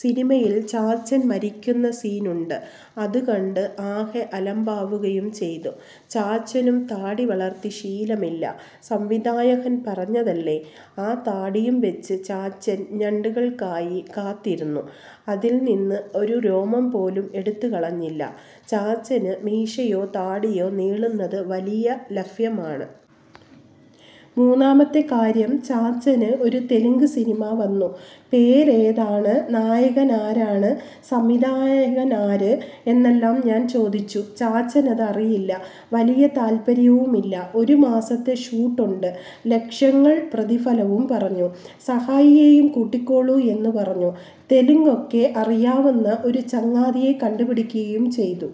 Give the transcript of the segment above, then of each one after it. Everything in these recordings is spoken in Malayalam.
സിനിമയിൽ ചാച്ചൻ മരിക്കുന്ന സീനുണ്ട്. അതുകണ്ട് ആകെ അലമ്പാവുകയും ചെയ്തു. ചാച്ചനും താടി വളർത്തി ശീലമില്ല. സംവിധായകൻ പറഞ്ഞതല്ലേ, ആ താടിയും വെച്ച് ചാച്ചൻ ഞണ്ടുകൾക്കായി കാത്തിരുന്നു. അതിൽ നിന്ന് ഒരു രോമം പോലും എടുത്തു കളഞ്ഞില്ല. ചാച്ചന് മീശയോ, താടിയോ നീളുന്നത് വലിയ ലഫ്യമാണ്. മൂന്നാമത്തെ കാര്യം, ചാച്ചന് ഒരു തെലുങ്ക് സിനിമ വന്നു. പേരേതാണ്, നായകനാരാണ്, സംവിധായകനാര് എന്നെല്ലാം ഞാൻ ചോദിച്ചു. ചാച്ചനത് അറിയില്ല. വലിയ താല്പ്പര്യമില്ല. ഒരു മാസത്തെ ഷൂട്ടുണ്ട്. ലക്ഷങ്ങൾ പ്രതിഫലവും പറഞ്ഞു. സഹായിയേയും കൂട്ടിക്കോളൂ എന്ന് പറഞ്ഞു. തെലുങ്കൊക്കെ അറിയാവുന്ന ഒരു ചങ്ങാതിയെ കണ്ടുപിടിക്കുകയും ചെയ്തു.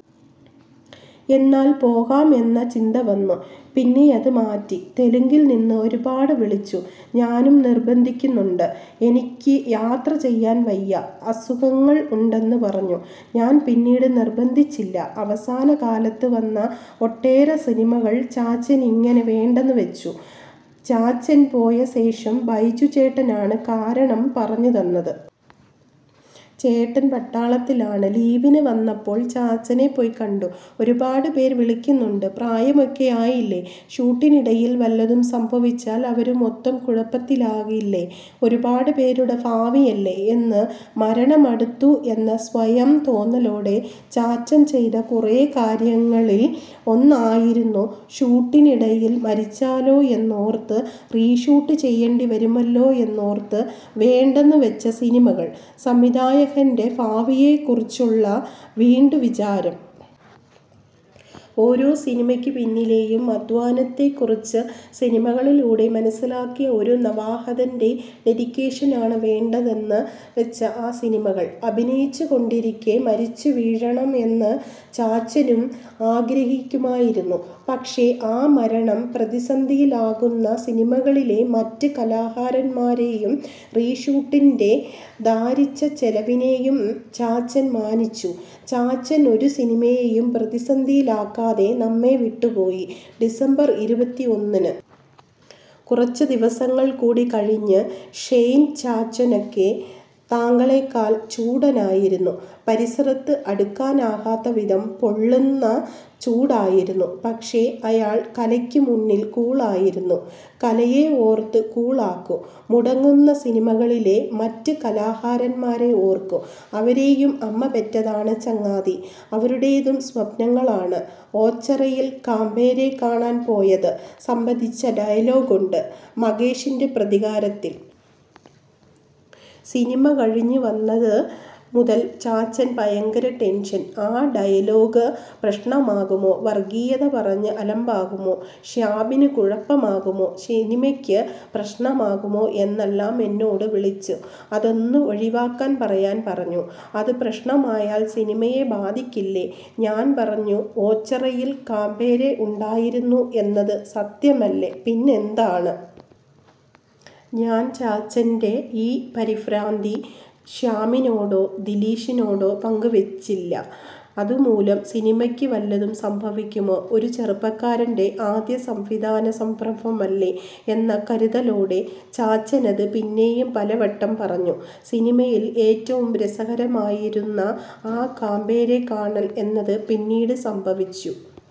എന്നാൽ പോകാം എന്ന ചിന്ത വന്നു. പിന്നെയത് മാറ്റി. തെലുങ്കിൽ നിന്ന് ഒരുപാട് വിളിച്ചു. ഞാനും നിർബന്ധിക്കുന്നുണ്ട്. എനിക്ക് യാത്ര ചെയ്യാൻ വയ്യ. അസുഖങ്ങൾ ഉണ്ടെന്ന് പറഞ്ഞു. ഞാൻ പിന്നീട് നിർബന്ധിച്ചില്ല. അവസാന കാലത്ത് വന്ന ഒട്ടേറെ സിനിമകൾ ചാച്ചനിങ്ങനെ വേണ്ടെന്ന് വെച്ചു. ചാച്ചൻ പോയ ശേഷം ബൈജു ചേട്ടനാണ് കാരണം പറഞ്ഞു തന്നത്. ചേട്ടൻ പട്ടാളത്തിലാണ്. ലീവിന് വന്നപ്പോൾ ചാച്ചനെ പോയി കണ്ടു. "ഒരുപാടുപേർ വിളിക്കുന്നുണ്ട്. പ്രായമൊക്കെയായില്ലേ, ഷൂട്ടിനിടയിൽ വല്ലതും സംഭവിച്ചാൽ അവരു മൊത്തം കുഴപ്പത്തിലാകില്ലേ, ഒരുപാടുപേരുടെ ഭാവിയല്ലേ" എന്ന്. മരണം അടുത്തു എന്ന സ്വയം തോന്നലോടെ ചാച്ചൻ ചെയ്ത കുറേ കാര്യങ്ങളിൽ ഒന്നായിരുന്നു, ഷൂട്ടിന് ഇടയിൽ മരിച്ചാലോ എന്നോർത്ത്, റീഷൂട്ട് ചെയ്യേണ്ടി വരുമല്ലോ എന്നോർത്ത് വേണ്ടെന്ന് വെച്ച സിനിമകൾ; സംവിധായകൻ്റെ ഭാവിയെ കുറിച്ചുള്ള വീണ്ടുവിചാരം. ഓരോ സിനിമയ്ക്ക് പിന്നിലേയും അധ്വാനത്തെ കുറച്ചു സിനിമകളിലൂടെ മനസ്സിലാക്കിയ ഒരു നവാഗതൻ്റെ ഡെഡിക്കേഷനാണ് വേണ്ടെന്ന് വെച്ച ആ സിനിമകൾ. അഭിനയിച്ചുകൊണ്ടിരിക്കേ മരിച്ചു വീഴണം എന്ന് ചാച്ചനും ആഗ്രഹിക്കാമായിരുന്നു. പക്ഷേ, ആ മരണം പ്രതിസന്ധിയിലാക്കുന്ന സിനിമകളിലെ മറ്റു കലാകാരന്മാരെയും റീഷൂട്ടിൻ്റെ ഭാരിച്ച ചെലവിനേയും ചാച്ചൻ മാനിച്ചു. ചാച്ചൻ ഒരു സിനിമയേയും പ്രതിസന്ധിയിലാക്കാതെ നമ്മെ വിട്ടുപോയി, ഡിസംബർ ഇരുപത്തിയൊന്നിന്. കുറച്ചു ദിവസങ്ങൾ കൂടിക്കഴിഞ്ഞ്. ഷെയ്ൻ, ചാച്ചനൊക്കെ താങ്കളെക്കാൾ ചൂടനായിരുന്നു. പരിസരത്ത് അടുക്കാനാകാത്ത വിധം പൊള്ളുന്ന ചൂടായിരുന്നു. പക്ഷേ, അയാൾ കലയ്ക്ക് മുന്നിൽ കൂളായിരുന്നു. കലയെ ഓർത്ത് കൂളാകൂ. മുടങ്ങുന്ന സിനിമകളിലെ മറ്റു കലാകാരന്മാരെ ഓർക്കൂ. അവരെയും അമ്മ പെറ്റതാണ് ചങ്ങാതീ. അവരുടേതും സ്വപ്നങ്ങളാണ്. "ഓച്ചിറയിൽ കാബറേ കാണാൻ പോയത്" സംബന്ധിച്ച ഡയലോഗുണ്ട് മഹേഷിൻ്റെ പ്രതികാരത്തിൽ. സിനിമ കഴിഞ്ഞു വന്നത് മുതൽ ചാച്ചൻ ഭയങ്കര ടെൻഷൻ. ആ ഡയലോഗ് പ്രശ്നമാകുമോ. വർഗ്ഗീയത പറഞ്ഞ് അലമ്പാകുമോ. ശ്യാമിന് കുഴപ്പമാകുമോ. സിനിമയ്ക്ക് പ്രശ്നമാകുമോ എന്നെല്ലാം. എന്നോട് വിളിച്ച്, അതൊന്ന് ഒഴിവാക്കാൻ പറയാൻ പറഞ്ഞു. അതു പ്രശ്നമായാൽ സിനിമയെ ബാധിക്കില്ലേ. ഞാൻ പറഞ്ഞു, ഓച്ചിറയിൽ കാബറേ ഉണ്ടായിരുന്നു എന്നത് സത്യമല്ലേ, പിന്നെന്താണ്. ഞാൻ ചാച്ചൻ്റെ ഈ പരിഭ്രാന്തി ശ്യാമിനോടോ ദിലീഷിനോടോ പങ്കുവെച്ചില്ല. അതുമൂലം സിനിമയ്ക്ക് വല്ലതും സംഭവിക്കുമോ, ഒരു ചെറുപ്പക്കാരൻ്റെ ആദ്യ സംവിധാന സംരംഭമല്ലേ എന്ന കരുതലോടെ, ചാച്ചനത് പിന്നെയും പലവട്ടം പറഞ്ഞു. സിനിമയിൽ ഏറ്റവും രസകരമായിരുന്നു ആ കാബറേ കാണൽ എന്നത് പിന്നീട് സംഭവിച്ചു.